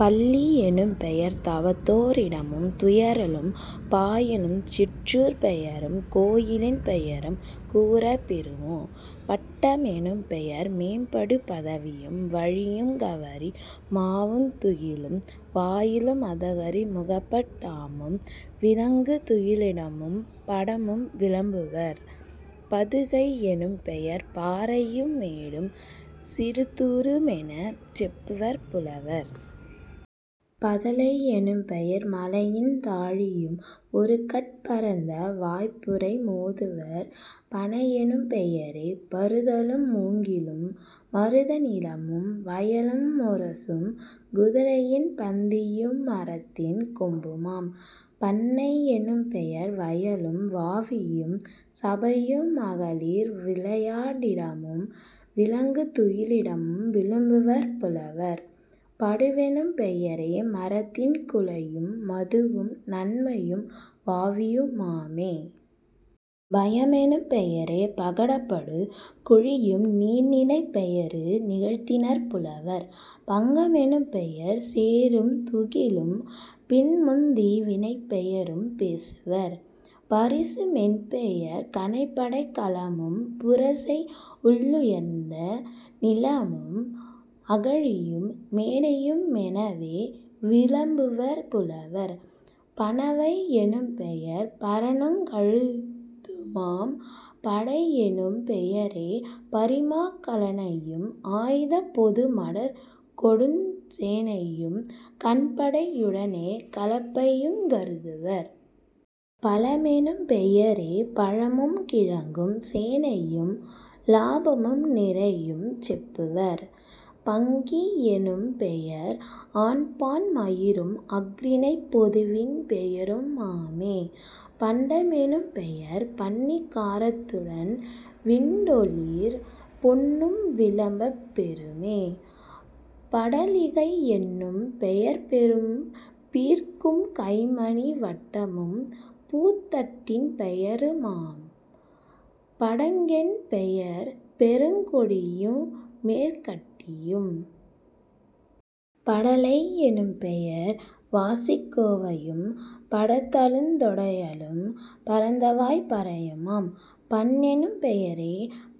பள்ளி யெனும்பெயர் தவத்தோ ரிடமும் துயிறலும் பாயலுஞ் சிற்றூர்ப் பெயரும் கோயிலின் பெயருங் கூறப் பெறுமே..... பட்ட மெனும்பெயர் மேம்படு பதவியும் வழியுங் கவரி மாவுந் துகிலும்। வாயிலு மதகரி முகப டாமும் விலங்கு துயிலிடமும் படமும் விளம்புவர்..... பதுக்கை யெனும்பெயர் பாறையு மேடும் சிறுதூ றுமெனச் செப்புவர் புலவர்..... பதலை யெனும்பெயர் மலையுந் தாழியும் ஒருகட் பரந்த வாய்ப்பறையு மோதுவர்..... பணையெனும் பெயரே பருத்தலு ழூங்கிலும் மருத நிலமும் வயலு முரசமும் குதிரையின் பந்தியு மரத்தின் கொம்புமாம்..... பண்ணை யெனும்பெயர் வயலும் வாவியும் சபையு மகளிர் விளையா டிடமும் விலங்கு துயிலிடமும் விளம்புவர் புலவர்..... படுவெனும் பெயரே மரத்தின் குலையும் மதுவும் நன்மையும் வாவியு மாமே..... பயம்பெனும் பெயரே பகடுபடு குழியும் நீர்நிலைப் பெயரு நிகழ்த்தினர் புலவர்..... பங்க மெனும்பெயர் சேறும் துகிலும் பின்னமுந் தீவினைப் பெயரும் பேசுவர்..... பரிசு மென்பெயர் கணைப்படைக் கலமும் புரிசை யுள்ளுயர்ந்த நிலமும் அகழியும் மேடையு மெனவே விளம்புவர் புலவர்..... பணவை யெனும்பெயர் பரணுங் கழுதுமாம்..... படையெனும் பெயரே பரிமாக் கலனையும் ஆயுதப் பொதுவு மடர்கொடுஞ் சேனையும் கண்படை யுடனே கலப்பையுங் கருதுவர்..... பலமெனும் பெயரே பழமும் கிழங்கும் சேனையும் லாபமும் நிறையும் செப்புவர்..... பங்கி யெனும்பெயர் ஆண்பான் மயிரும் அஃறிணைப் பொதுவின் பெயரு மாமே..... பண்ட மெனும்பெயர் பண்ணி காரத்துடன் விண்டொளிர் பொன்னும் விளம்பப் பெறுமே..... படலிகை யென்னும் பெயர்பெரும் பீர்க்கும் கைமணி வட்டமும் பூத்தட்டின் பெயருமாம்..... படங்கென் பெயர்பெருங் கொடியு மேற்கட்டியும்..... படலை யெனும்பெயர் வாசிக் கோவையும் படர்தலுந் தொடையலும் பரந்தவாய்ப் பறையுமாம்..... பண்ணெனும் பெயரே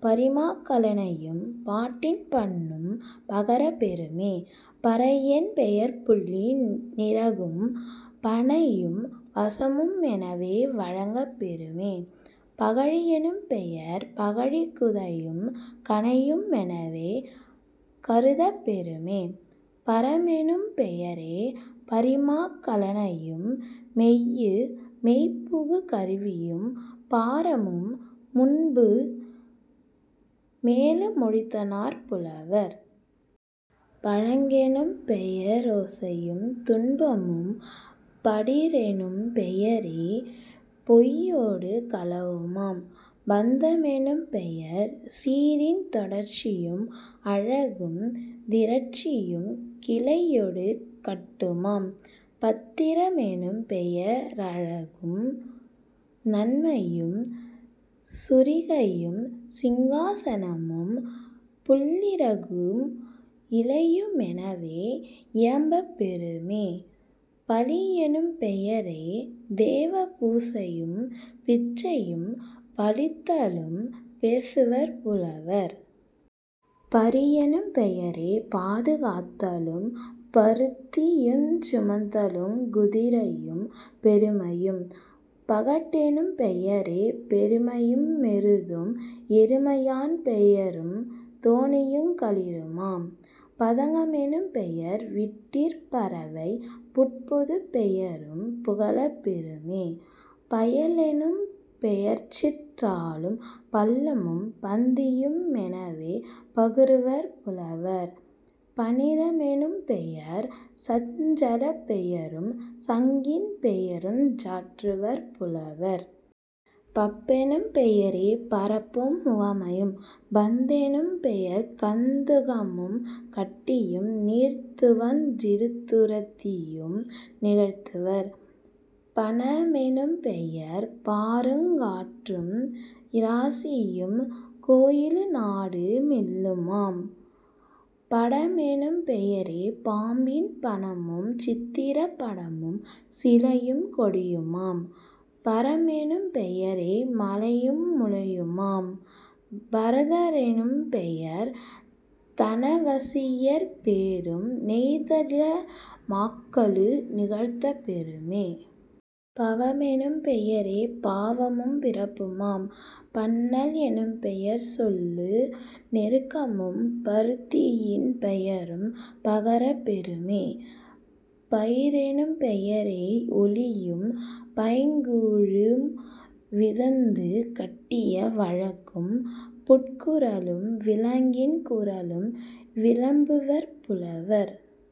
பரிமாக் கலனையும் பாட்டின் பண்ணும் பகரப் பெறுமே..... பறையென் பெயர்புள்ளி னிறகும் பணையும் வசனமு மெனவே வழங்கப் பெறுமே..... பகழி யெனும்பெயர் பகழிக் குதையும் கணையு மெனவே கருதப் பெறுமே..... பரமெனும் பெயரே பரிமாக் கலனையும் மெய்யு மெய்புகு கருவியும் பாரமும் முன்பு மேலு மொழிந்தனர் புலவர்..... பழங்கணெ னும்பெய ரோசையும் துன்பமும்..... படிறெனும் பெயரே பொய்யொடு களவுமாம்..... பந்த மெனும்பெயர் சீரின் தொடர்ச்சியும் அழகும் திரட்சியும் கிளையொடு கட்டுமாம்..... பத்திர மெனும்பெய ரழகும் நன்மையும் சுரிகையும் சிங்கா சனமும் புள்ளிறகும் இலையு மெனவே இயம்பப் பெறுமே..... பலியெனும் பெயரே தேவ பூசையும் பிச்சையும் பலித்தலும் பேசுவர் புலவர்..... பரியெனும் பெயரே பாது காத்தலும் பருத்தியுஞ் சுமத்தலுங் குதிரையும் பெருமையும்..... பகடெனும் பெயரே பெருமையு மெருதும் எருமை யாண்பெயருந் தோணியுங் களிறுமாம்..... பதங்க மெனும்பெயர் விட்டிற் பறவையும் புட்பொதுப் பெயரும் புகலப் பெறுமே..... பயலெனும் பெயர்ச்சிற் றாளும் பள்ளமும் பந்தியு மெனவே பகருவர் புலவர்..... பணில மெனும்பெயர் சலஞ்சலப் பெயரும் சங்கின் பெயருஞ் சாற்றுவர் புலவர்..... பப்பெனும் பெயரே பரப்பும் உவமையும்..... பந்தெனும் பெயர்கந் துகமும் கட்டும் நீர்தூவுஞ் சிறுது ருத்தியும் நிகழ்த்துவர்..... பவன மெனும்பெயர் பாருங் காற்றும் இராசியும் கோயிலு நாடு மில்லமுமாம்..... படமெனும் பெயரே பாம்பின் பணமும் சித்திரப் படமும் சிலையும் கொடியுமாம்..... பறம்பெனும் பெயரே மலையு முலையுமாம்..... பரத ரெனும்பெயர் தனவைசியர் பேரும் நெய்தனில மாக்களு நிகழ்த்தப் பெறுமே..... பவமெனும் பெயரே பாவமும் பிறப்புமாம்..... பண்ணல் எனும்பெயர் சொல்லு நெருக்கமும் பருத்தியின் பெயரும் பகரப் பெறுமே..... பயிரெனும் பெயரே யொலியும் பைங்கூழும் விதந்து கட்டிய வழக்கும் புட்குரலும் விலங்கின் குரலும் விளம்புவர் புலவர்.